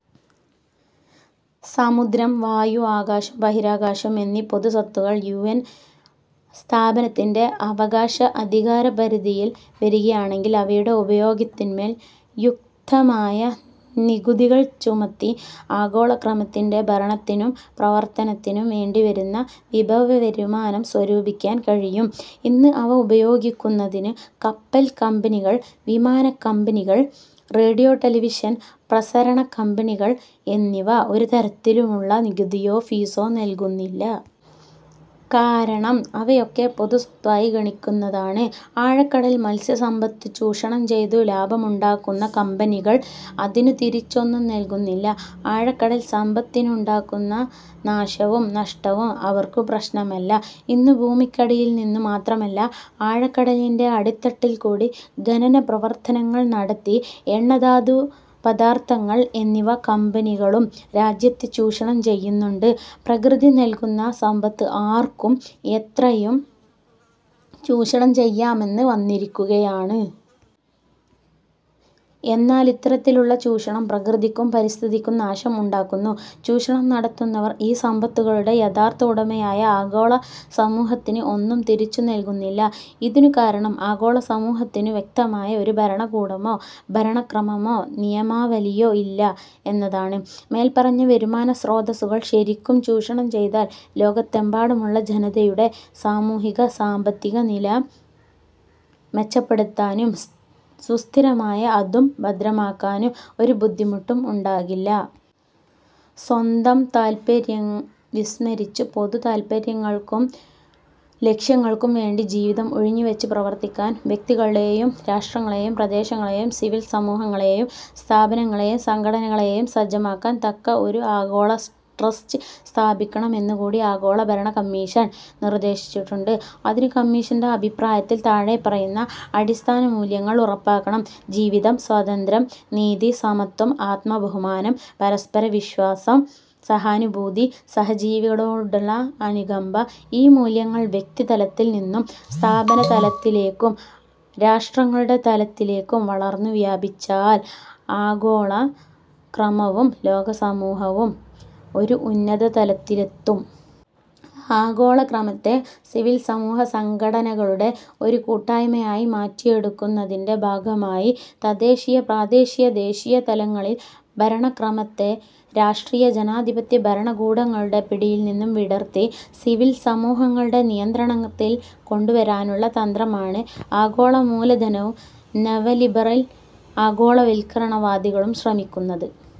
സമുദ്രം, വായു, ആകാശം, ബഹിരാകാശം എന്നീ പൊതുസ്വത്തുകൾ യു. എൻ. സ്ഥാപനത്തിന്റെ അവകാശ അധികാരപരിധിയിൽ വരികയാണെങ്കിൽ അവയുടെ ഉപയോഗത്തിന്മേൽ യുക്തമായ നികുതികൾ ചുമത്തി ആഗോളക്രമത്തിന്റെ ഭരണത്തിനും പ്രവർത്തനത്തിനും വേണ്ടിവരുന്ന വിഭവവരുമാനം സ്വരൂപിക്കാൻ കഴിയും. ഇന്ന് അവ ഉപയോഗിക്കുന്നതിനു കപ്പൽകമ്പനികൾ, വിമാനകമ്പനികൾ, റേഡിയോ-ടെലിവിഷൻ പ്രസരണകമ്പനികൾ എന്നിവ ഒരു തരത്തിലുമുള്ള നികുതിയോ, ഫീസോ നൽകുന്നില്ല. കാരണം, അവയൊക്കെ പൊതുസ്വത്തായി ഗണിക്കുന്നതാണ്. ആഴക്കടൽ മത്സ്യസമ്പത്തു ചൂഷണം ചെയ്തു ലാഭമുണ്ടാക്കുന്ന കമ്പനികൾ അതിനു തിരിച്ചൊന്നും നൽകുന്നില്ല. ആഴക്കടൽ സമ്പത്തിനുണ്ടാകുന്ന നാശവും നഷ്ടവും അവർക്കു പ്രശ്നമല്ല. ഇന്നു ഭൂമിക്കടിയിൽനിന്നു മാത്രമല്ല ആഴക്കടലിന്റെ അടിത്തട്ടിൽകൂടി ഖനനപ്രവർത്തനങ്ങൾ നടത്തി എണ്ണധാതുപദാർഥങ്ങൾ എന്നിവ കമ്പനികളും രാജ്യങ്ങളും ചൂഷണം ചെയ്യുന്നുണ്ട്. പ്രകൃതി നൽകുന്ന സമ്പത്ത് ആർക്കും എത്രയും ചൂഷണം ചെയ്യാമെന്ന് വന്നിരിക്കുകയാണ്. എന്നാലിത്തരത്തിലുള്ള ചൂഷണം പ്രകൃതിക്കും, പരിസ്ഥിതിക്കും നാശം ഉണ്ടാക്കുന്നു. ചൂഷണം നടത്തുന്നവർ ഈ സമ്പത്തുകളുടെ യഥാർഥ ഉടമയായ ആഗോളസമൂഹത്തിന് ഒന്നും തിരിച്ചുനൽകുന്നില്ല. ഇതിനുകാരണം ആഗോളസമൂഹത്തിനു വ്യക്തമായ ഒരു ഭരണകൂടമോ ഭരണക്രമമോ നിയമാവലിയോ ഇല്ല എന്നതാണ്. മേൽപ്പറഞ്ഞ വരുമാനസ്രോതസ്സുകൾ ശരിക്കും ചൂഷണം ചെയ്താൽ ലോകത്തെമ്പാടുമുള്ള ജനതയുടെ സാമൂഹിക-സാമ്പത്തികനില മെച്ചപ്പെടുത്താനും സുസ്ഥിരമായി അതു ഭദ്രമാക്കാനും ഒരു ബുദ്ധിമുട്ടും ഉണ്ടാകില്ല. സ്വന്തം താത്പര്യം വിസ്മരിച്ചു പൊതുതാത്പര്യങ്ങൾക്കും ലക്ഷ്യങ്ങൾക്കുംവേണ്ടി ജീവിതം ഉഴിഞ്ഞുവച്ചു പ്രവർത്തിക്കാൻ വ്യക്തികളെയും രാഷ്ട്രങ്ങളെയും പ്രദേശങ്ങളെയും സിവിൽസമൂഹങ്ങളെയും സ്ഥാപനങ്ങളെയും സംഘടനകളെയും സജ്ജമാക്കാൻ തക്ക ഒരു ആഗോളട്രസ്റ്റ് സ്ഥാപിക്കണമെന്നുകൂടി ആഗോളഭരണകമ്മീഷൻ നിർദ്ദേശിച്ചിട്ടുണ്ട്. അതിനു കമ്മീഷന്റെ അഭിപ്രായത്തിൽ താഴെപ്പറയുന്ന അടിസ്ഥാനമൂല്യങ്ങൾ ഉറപ്പാക്കണം: "ജീവിതം, സ്വാതന്ത്ര്യം, നീതി, സമത്വം, ആത്മബഹുമാനം, പരസ്പരവിശ്വാസം, സഹാനുഭൂതി സഹജീവികളോടുള്ള അനുകമ്പ ഈ മൂല്യങ്ങൾ വ്യക്തിതലത്തിൽനിന്നും സ്ഥാപനതലത്തിലേക്കും രാഷ്ട്രങ്ങളുടെ തലത്തിലേക്കും വളർന്നു വ്യാപിച്ചാൽ ആഗോളക്രമവും ലോകസമൂഹവും ഒരു ഉന്നതതലത്തിലെത്തും. ആഗോളക്രമത്തെ സിവിൽസമൂഹസംഘടനകളുടെ ഒരു കൂട്ടായ്മയായി മാറ്റിയെടുക്കുന്നതിന്റെ ഭാഗമായി തദ്ദേശീയ-പ്രാദേശിക-ദേശീയ തലങ്ങളിൽ ഭരണക്രമത്തെ രാഷ്ട്രീയജനാധിപത്യ ഭരണകൂടങ്ങളുടെ പിടിയിൽനിന്നും വിടർത്തി സിവിൽ സമൂഹങ്ങളുടെ നിയന്ത്രണത്തിൽ കൊണ്ടുവരാനുള്ള തന്ത്രമാണ് ആഗോളമൂലധനവും നവലിബറൽ ആഗോളവത്കരണവാദികളും ശ്രമിക്കുന്നത്.